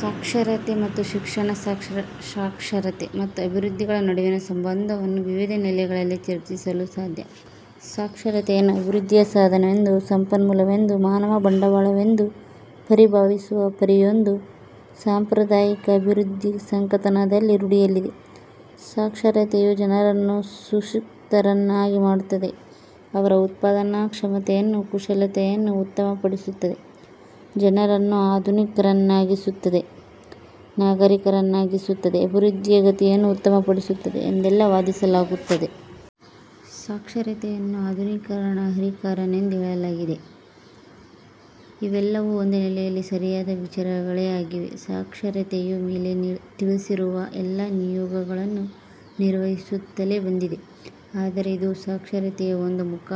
ಸಾಕ್ಷರತೆ ಮತ್ತು ಶಿಕ್ಷಣ ಸಾಕ್ಷರತೆ ಮತ್ತು ಅಭಿವೃದ್ಧಿಗಳ ನಡುವಿನ ಸಂಬಂಧವನ್ನು ವಿವಿಧ ನೆಲೆಗಳಲ್ಲಿ ಚರ್ಚಿಸಲು ಸಾಧ್ಯ. ಸಾಕ್ಷರತೆಯನ್ನು ಅಭಿವೃದ್ಧಿಯ 'ಸಾಧನ'ವೆಂದೂ, 'ಸಂಪನ್ಮೂಲ'ವೆಂದೂ 'ಮಾನವ ಬಂಡವಾಳ'ವೆಂದೂ ಪರಿಭಾವಿಸುವ ಪರಿಯೊಂದು ಸಾಂಪ್ರದಾಯಿಕ ಅಭಿವೃದ್ಧಿ ಸಂಕಥನದಲ್ಲಿ ರೂಢಿಯಲ್ಲಿದೆ. ಸಾಕ್ಷರತೆಯು ಜನರನ್ನು ಸುಶಿಕ್ಷಿತರನ್ನಾಗಿ ಮಾಡುತ್ತದೆ, ಅವರ ಉತ್ಪಾದನಾ ಕ್ಷಮತೆಯನ್ನು ಕುಶಲತೆಯನ್ನು ಉತ್ತಮ ಪಡಿಸುತ್ತದೆ, ಜನರನ್ನು ಆಧುನಿಕರನ್ನಾಗಿಸುತ್ತದೆ ನಾಗರಿಕರನ್ನಾಗಿಸುತ್ತದೆ, ಅಭಿವೃದ್ಧಿಯ ಗತಿಯನ್ನು ಉತ್ತಮಪಡಿಸುತ್ತದೆ ಎಂದೆಲ್ಲ ವಾದಿಸಲಾಗುತ್ತದೆ. 'ಸಾಕ್ಷರತೆ'ಯನ್ನು ಆಧುನೀಕರಣ 'ಹರಿಕಾರ'ನೆಂದೂ ಹೇಳಲಾಗಿದೆ. ಇವೆಲ್ಲವೂ ಒಂದು ನೆಲೆಯಲ್ಲಿ ಸರಿಯಾದ ವಿಚಾರಗಳೇ ಆಗಿವೆ. ಸಾಕ್ಷರತೆಯು ಮೇಲೆ ತಿಳಿಸಿರುವ ಎಲ್ಲ ನಿಯೋಗಗಳನ್ನು ನಿರ್ವಹಿಸುತ್ತಲೇ ಬಂದಿದೆ. ಆದರೆ ಇದು ಸಾಕ್ಷರತೆಯ ಒಂದು ಮುಖ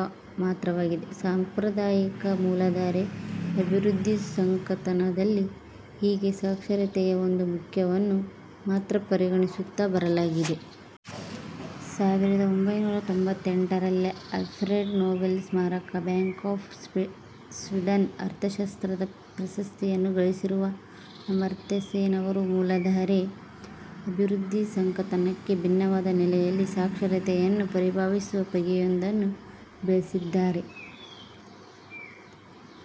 ಮಾತ್ರವಾಗಿದೆ. ಸಾಂಪ್ರದಾಯಿಕ ಮೂಲ ಧಾರೆ ಅಭಿವೃದ್ಧಿ ಸಂಕಥನದಲ್ಲಿ ಹೀಗೆ ಸಾಕ್ಷರತೆಯ ಒಂದು ಮುಖ್ಯವನ್ನು ಮಾತ್ರ ಪರಿಗಣಿಸುತ್ತಾ ಬರಲಾಗಿದೆ. ಸಾವಿರದ ಒಂಭೈನೂರ ತೊಂಭತ್ತೆಂಟರಲ್ಲಿ ಆಲ್ಫ್ರೆಡ್ ನೊಬೆಲ್ ಸ್ಮಾರಕ ಬ್ಯಾಂಕ್ ಆಫ್ ಸ್ವೀಡನ್ನ ಅರ್ಥಶಾಸ್ತ್ರದ ಪ್ರಶಸ್ತಿಯನ್ನು ಗಳಿಸಿರುವ ಅಮರ್ತ್ಯಸೇನ್ ಅವರು ಮೂಲಧಾರೆ ಅಭಿವೃದ್ಧಿ ಸಂಕಥನಕ್ಕೆ ಭಿನ್ನವಾದ ನೆಲೆಯಲ್ಲಿ ಸಾಕ್ಷರತೆಯನ್ನು ಪರಿಭಾವಿಸುವ ಬಗೆಯೊಂದನ್ನು ಬೆಳೆಸಿದಿದ್ದಾರೆ.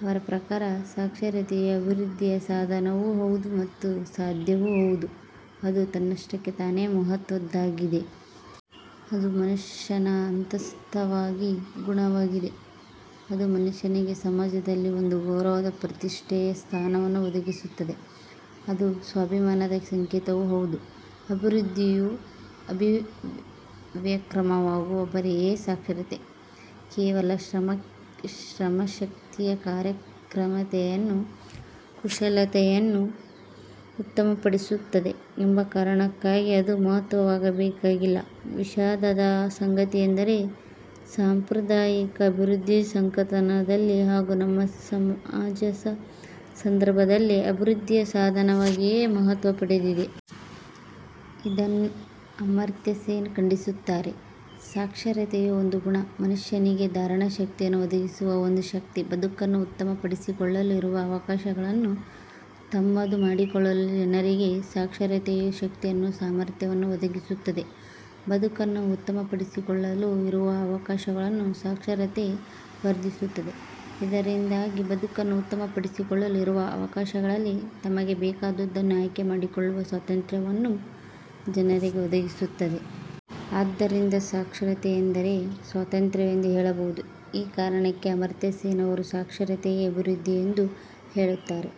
ಅವರ ಪ್ರಕಾರ ಸಾಕ್ಷರತೆಯು ಅಭಿವೃದ್ಧಿಯ 'ಸಾಧನ'ವೂ ಹೌದು ಮತ್ತು 'ಸಾಧ್ಯ'ವೂ ಹೌದು, ಅದು ತನ್ನಷ್ಟಕ್ಕೆ ತಾನೆ ಮಹತ್ವದ್ದಾಗಿದೆ. ಅದು ಮನುಷ್ಯನ ಅಂತಸ್ಥವಾಗಿ ಗುಣವಾಗಿದೆ. ಅದು ಮನುಷ್ಯನಿಗೆ ಸಮಾಜದಲ್ಲಿ ಒಂದು ಗೌರವದ ಪ್ರತಿಷ್ಟೆಯ ಸ್ಥಾನವನ್ನು ಒದಗಿಸುತ್ತದೆ. ಅದು ಸ್ವಾಭಿಮಾನದ ಸಂಕೇತವೂ ಹೌದು. ಅಭಿವೃದ್ಧಿಯು ಅಭಿವ್ಯಕ್ರವಾಗುವ ಪರಿಯೇ ಸಾಕ್ಷರತೆ. ಕೇವಲ ಶ್ರಮಶಕ್ತಿಯ ಕಾರ್ಯಕ್ರಮತೆಯನ್ನು, ಕುಶಲತೆಯನ್ನು ಉತ್ತಮ ಪಡಿಸುತ್ತದೆ ಎಂಬ ಕಾರಣಕ್ಕಾಗಿ ಅದು ಮಹತ್ವವಾಗಬೇಕಾಗಿಲ್ಲ. ವಿಷಾದದ ಸಂಗತಿಯೆಂದರೆ ಸಾಂಪ್ರದಾಯಿಕ ಅಭಿವೃದ್ಧಿ ಸಂಕಥನದಲ್ಲಿ ಹಾಗೂ ನಮ್ಮ ಸಮಾಜಸ ಸಂದರ್ಭದಲ್ಲಿ ಅಭಿವೃದ್ಧಿಯ ಸಾಧನವಾಗಿಯೇ ಮಹತ್ವ ಪಡೆದಿದೆ. ಇದನ್ನು ಅಮರ್ತ್ಯಸೇನ್ ಖಂಡಿಸುತ್ತಾರೆ. ಸಾಕ್ಷರತೆಯು ಒಂದು ಗುಣ. ಮನುಷ್ಯನಿಗೆ ಧಾರಣಶಕ್ತಿಯನ್ನು ಒದಗಿಸುವ ಒಂದು ಶಕ್ತಿ. ಬದುಕನ್ನು ಉತ್ತಮ ಪಡಿಸಿಕೊಳ್ಳಲು ಇರುವ ಅವಕಾಶಗಳನ್ನು ತಮ್ಮದು ಮಾಡಿಕೊಳ್ಳಲು ಜನರಿಗೆ ಸಾಕ್ಷರತೆಯು ಶಕ್ತಿಯನ್ನು ಸಾಮರ್ಥ್ಯವನ್ನು ಒದಗಿಸುತ್ತದೆ. ಬದುಕನ್ನು ಉತ್ತಮಪಡಿಸಿಕೊಳ್ಳಲು ಇರುವ ಅವಕಾಶಗಳನ್ನು ಸಾಕ್ಷರತೆ ವರ್ಧಿಸುತ್ತದೆ. ಇದರಿಂದಾಗಿ ಬದುಕನ್ನು ಉತ್ತಮ ಪಡಿಸಿಕೊಳ್ಳಲು ಇರುವ ಅವಕಾಶಗಳಲ್ಲಿ ತಮಗೆ ಬೇಕಾದುದನ್ನು ಆಯ್ಕೆ ಮಾಡಿಕೊಳ್ಳುವ ಸ್ವಾತಂತ್ರ್ಯವನ್ನು ಅದು ಜನರಿಗೆ ಒದಗಿಸುತ್ತದೆ. ಆದ್ದರಿಂದ ಸಾಕ್ಷರತೆ ಎಂದರೆ' 'ಸ್ವಾತಂತ್ರ್ಯ'ವೆಂದೂ ಹೇಳಬಹುದು. ಈ ಕಾರಣಕ್ಕೆ ಅಮರ್ತ್ಯಸೇನ್ ಅವರು ಸಾಕ್ಷರತೆಯೇ ಅಭಿವೃದ್ಧಿ ಎಂದು ಹೇಳುತ್ತಾರೆ.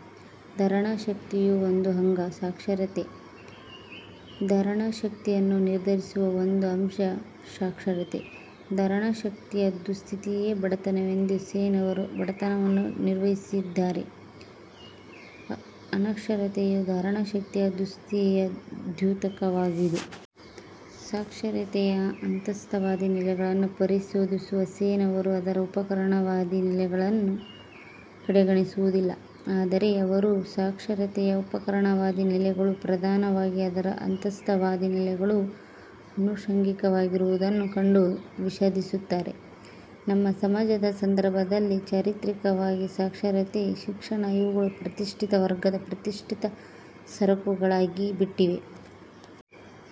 ಧಾರಣಶಕ್ತಿಯು ಒಂದು ಅಂಗ ಸಾಕ್ಷರತೆ. ಧಾರಣಶಕ್ತಿಯನ್ನು ನಿರ್ಧರಿಸುವ ಒಂದು ಅಂಶ ಸಾಕ್ಷರತೆ. 'ಧಾರಣಶಕ್ತಿಯ ದುಸ್ಥಿತಿ'ಯೇ ಬಡತನವೆಂದು ಸೇನ್ ಅವರು ಬಡತನವನ್ನು ನಿರ್ವಚಿಸಿದ್ದಾರೆ.. ಅನಕ್ಷರತೆಯು ಧಾರಣಶಕ್ತಿಯ ದುಸ್ಥಿತಿಯ ದ್ಯೋತಕವಾಗಿದೆ. ಸಾಕ್ಷರತೆಯ ಅಂತಸ್ಥವಾದಿ ನೆಲೆಗಳನ್ನು ಪರಿಶೋಧಿಸುವ ಸೇನ್ ಅವರು ಅದರ 'ಉಪಕರಣವಾದಿ; ನೆಲೆಗಳನ್ನು ಕಡೆಗಣಿಸುವುದಿಲ್ಲ. ಆದರೆ ಅವರು ಸಾಕ್ಷರತೆಯ ಉಪಕರಣವಾದಿ ನೆಲೆಗಳು ಪ್ರಧಾನವಾಗಿ ಅದರ ಅಂತಸ್ಥವಾದಿ ನೆಲೆಗಳು ಅನುಷಂಗಿಕವಾಗಿರುವುದನ್ನು ಕಂಡು ವಿಷಾಧಿಸುತ್ತಾರೆ. ನಮ್ಮ ಸಮಾಜದ ಸಂದರ್ಭದಲ್ಲಿ, ಚಾರಿತ್ರಿಕವಾಗಿ ಸಾಕ್ಷರತೆ – ಶಿಕ್ಷಣ ಇವುಗಳು ಪ್ರತಿಷ್ಠಿತ ವರ್ಗದ ಪ್ರತಿಷ್ಠಿತ ಸರಕುಗಳಾಗಿ ಬಿಟ್ಟಿವೆ.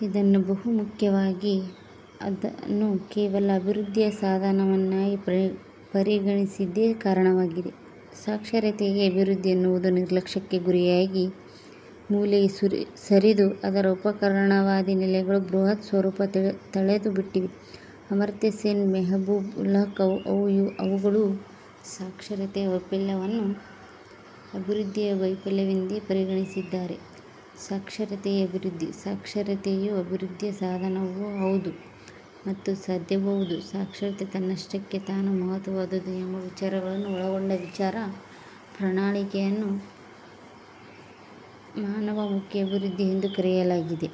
ಇದನ್ನು ಬಹುಮುಖ್ಯವಾಗಿ ಅದನ್ನು ಕೇವಲ ಅಭಿವೃದ್ಧಿಯ ಸಾಧನವನ್ನಾಗಿ ಪರಿಗಣಿಸಿದ್ದೇ ಕಾರಣವಾಗಿದೆ. ಸಾಕ್ಷರತೆಯೇ ಅಭಿವೃದ್ಧಿ ಎನ್ನುವುದು ನಿರ್ಲಕ್ಷ್ಯಕ್ಕೆ ಗುರಿಯಾಗಿ, ಮೂಲೆಗೆ ಸರಿದು ಅದರ ಉಪಕರಣ ವಾದಿ ನೆಲೆಗಳು ಬೃಹತ್ ಸ್ವರೂಪ ತಳೆದು ಬಿಟ್ಟಿವೆ. ಅಮರ್ತ್ಯಸೇನ್, ಮೆಹಬೂಬ್ ಉಲ್ಹಕ್ ಅವುಗಳು ಸಾಕ್ಷರತೆಯ ವೈಫಲ್ಯವನ್ನು ಅಭಿವೃದ್ಧಿಯ ವೈಫಲ್ಯವೆಂದೇ ಪರಿಗಣಿಸಿದ್ದಾರೆ. 'ಸಾಕ್ಷರತೆಯೇ ಅಭಿವೃದ್ಧಿ', 'ಸಾಕ್ಷರತೆಯು ಅಭಿವೃದ್ಧಿಯ 'ಸಾಧನ' ವೂ ಹೌದು ಮತ್ತು 'ಸಾಧ್ಯ'ವೂ ಹೌದು', ಸಾಕ್ಷರತೆ ತನ್ನಷ್ಟಕ್ಕೆ ತಾನು ಮಹತ್ವವಾದುದು ಎಂಬ ವಿಚಾರಗಳನ್ನು ಒಳಗೊಂಡ ವಿಚಾರ ಪ್ರಣಾಳಿಕೆಯನ್ನು 'ಮಾನವ ಮುಖಿ ಅಭಿವೃದ್ಧಿ' ಎಂದು ಕರೆಯಲಾಗಿದೆ.